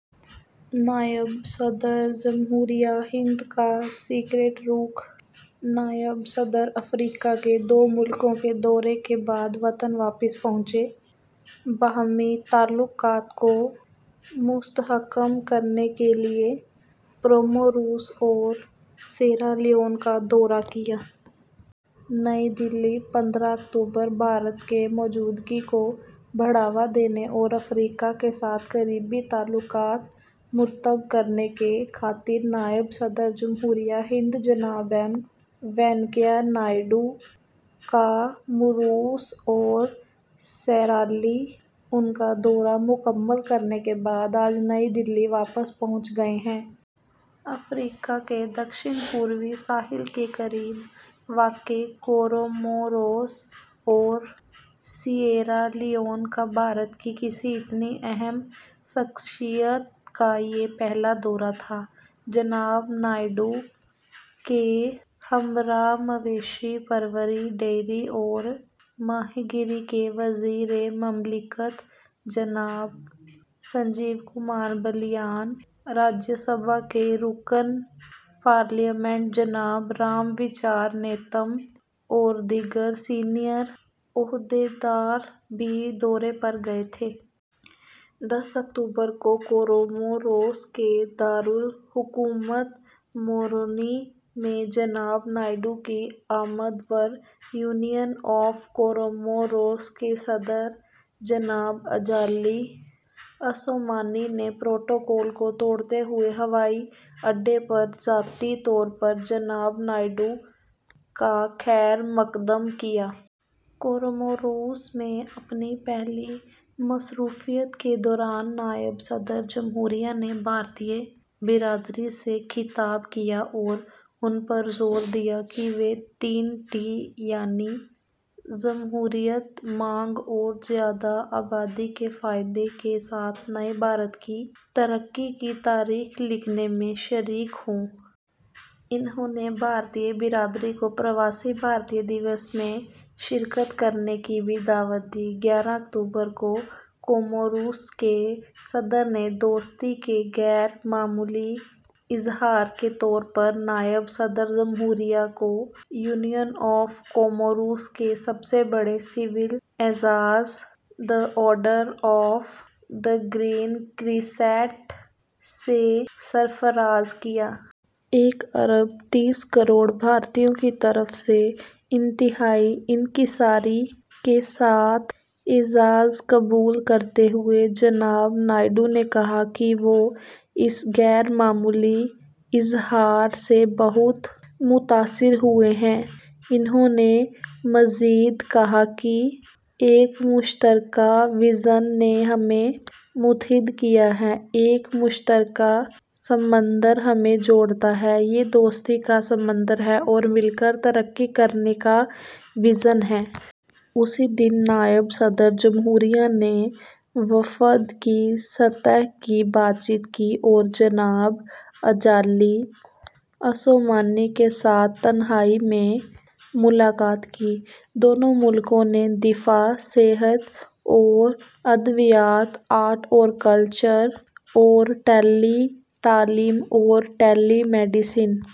نائب صدر جمہوریہ ہند کا سکریٹریٹ نائب صدر افریقہ کے دو ملکوں کے دورے کے بعد وطن واپس پہنچے۔ باہمی تعلقات کو مستحکم کرنے کے لیے کوموروس اور سیئرا لیون کا دورہ کیا۔ نئی دہلی، پندرہ اکتوبر: بھارت کی موجودگی کو وسعت دینے اور افریقہ کے ساتھ قریبی تعلقات مرتب کرنے کی خاطر نائب صدر جمہوریہ ہند جناب ایم وینکیا نائیڈو کوموروس اور سیئرالیون کا دورہ مکمل کرنے کے بعد آج نئی دہلی واپس پہنچ گئے ہیں۔ افریقہ کے جنوب مشرقی ساحل کے قریب واقع کوموروس اور سیئرالیون کا بھارت کی کسی اتنی اہم شخصیت کا یہ پہلا دورہ تھا۔ جناب نائیڈو کے ہمراہ مویشی پروری، ڈیری اور ماہی پروری کے وزیر مملکت جناب سنجیو کمار بالیان، راجیہ سبھا کے رکن پارلیمنٹ جناب رام وچار نیتَم اور دیگر سینئر عہدیدار بھی دورے پر گئے تھے۔ دس اکتوبر کو کوموروس کے دارالحکومت مورونی میں جناب نائیڈو کی آمد پر یونین آف کوموروس کے صدر جناب ازالی عثومانی نے پروٹوکول کو توڑتے ہوئے ہوائی اڈے پر ذاتی طور پر جناب نائیڈو کا خیر مقدم کیا۔ کوموروس میں اپنی پہلی مصروفیت کے دوران نائب صدر جمہوریہ نے بھارتی برادری سے خطاب کیا اور ان پر زور دیا کہ وہ تین ڈی، یعنی جمہوریت، مانگ اور زیادہ آبادی کے فائدے کے ساتھ نئے بھارت کی ترقی کی تاریخ لکھنے میں شریک ہوں۔ انہوں نے بھارتی برادری کو پرواسی بھارتی دیوس میں شرکت کرنے کی بھی دعوت دی۔ گیارہ اکتوبر کو کوموروس کے صدر نے دوستی کے غیر معمولی اظہار کے طور پر نائب صدر جمہوریہ کو یونین آف کوموروس کے سب سے بڑے سول اعزاز، "the order of the green crescent", سے سرفراز کیا۔ ایک ارب تیس کروڑ بھارتیوں کی طرف سے انتہائی انکساری کے ساتھ اعزاز قبول کرتے ہوئے جناب نائیڈو نے کہا کہ وہ اس غیر معمولی اظہار سے بہت متاثر ہوئے ہیں۔ انہوں نے مزید کہا کہ ایک مشترکہ وژن نے ہمیں متحد کیا ہے، ایک مشترکہ سمندر ہمیں جوڑتا ہے — یہ دوستی کا سمندر ہے اور مل کر ترقی کرنے کا وژن ہے۔ اسی دن نائب صدر جمہوریہ نے وفد کی سطح کی بات چیت کی اور جناب ازالی عثومانی کے ساتھ تنہائی میں ملاقات کی۔ دونوں ملکوں نے دفاع، صحت اور ادویات، آرٹ اور کلچر اور ٹیلی تعلیم اور ٹیلی میڈیسن